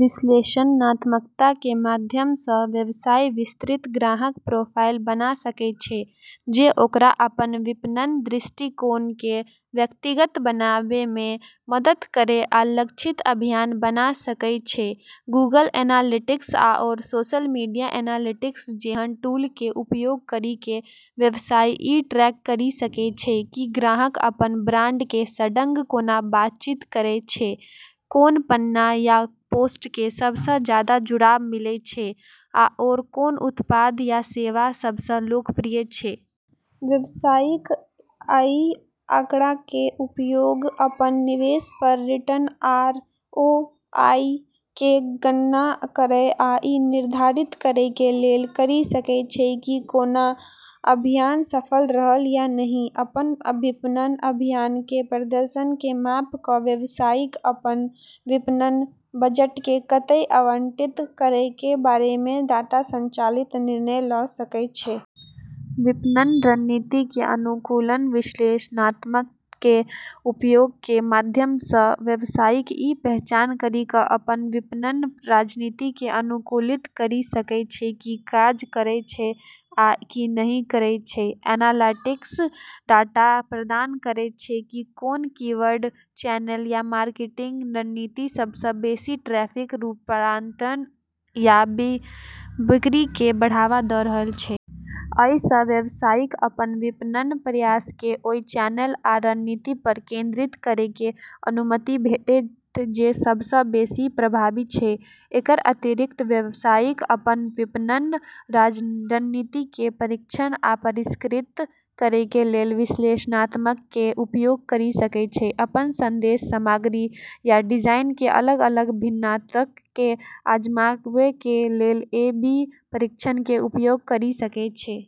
विश्लेषणात्मकताके माध्यमसँ व्यवसाय विस्तृत ग्राहक प्रोफाइल बना सकै छै जे ओकरा अपन विपणन दृष्टिकोणके व्यक्तिगत बनेबामे मदद करै आ लक्षित अभियान बना सकय छै । गूगल एनालिटिक्स आओर सोशल मीडिया एनालिटिक्स जेहन टूलके उपयोग करिके व्यवसाय ई ट्रैक करि सकै छै कि ग्राहक अपन ब्रांडके सङ्ग कोना बातचीत करै छै, कोन पन्ना या पोस्टके सबसँ जादा जुड़ाव मिलै छै, आओर कोन उत्पाद या सेवा सबसँ लोकप्रिय छै। व्यवसायिक अइ आँकड़ाके उपयोग अपन निवेश पर रिटर्न (आरओआई) केँ गणना करय आ ई निर्धारित करैके लेल करि सकै छै कि कोनो अभियान सफल रहल या नहि । अपन विपणन अभियानक प्रदर्शनके माप क' व्यवसायिक अपन विपणन बजटके कतय आवंटित करयके बारेमे डाटा संचालित निर्णय ल' सकय छै । विपणन रणनीतिके अनुकूलन विश्लेषणात्मकताके उपयोगके माध्यमसँ व्यवसायिक ई पहचान करि क' अपन विपणन रणनीतिकें अनुकूलित करि सकय छै कि, की काज करय छै आ की नहि करय छै । एनालिटिक्स डाटा प्रदान करैत छै की कोन कीवर्ड, चैनल, या मार्केटिंग रणनीति सबसँ बेशी ट्रैफिक, रूपांतरण या बिक्रीके बढ़ावा द' रहल छै । अइ सँ व्यवसायिक अपन विपणन प्रयासके ओइ चैनल आ रणनीति पर केंद्रित करैके अनुमति भेटैत जे सबसँ बेशी प्रभावी छै । एकर अतिरिक्त, व्यवसायिक अपन विपणन रणनीतिके परीक्षण आ परिष्कृत करैके लेल विश्लेषणात्मकताके उपयोग करि सकै छै, अपन संदेश, सामग्री या डिजाइनके अलग-अलग भिन्नताके आजमाबैके लेल ए/बी परीक्षणके उपयोग करि सकै छै।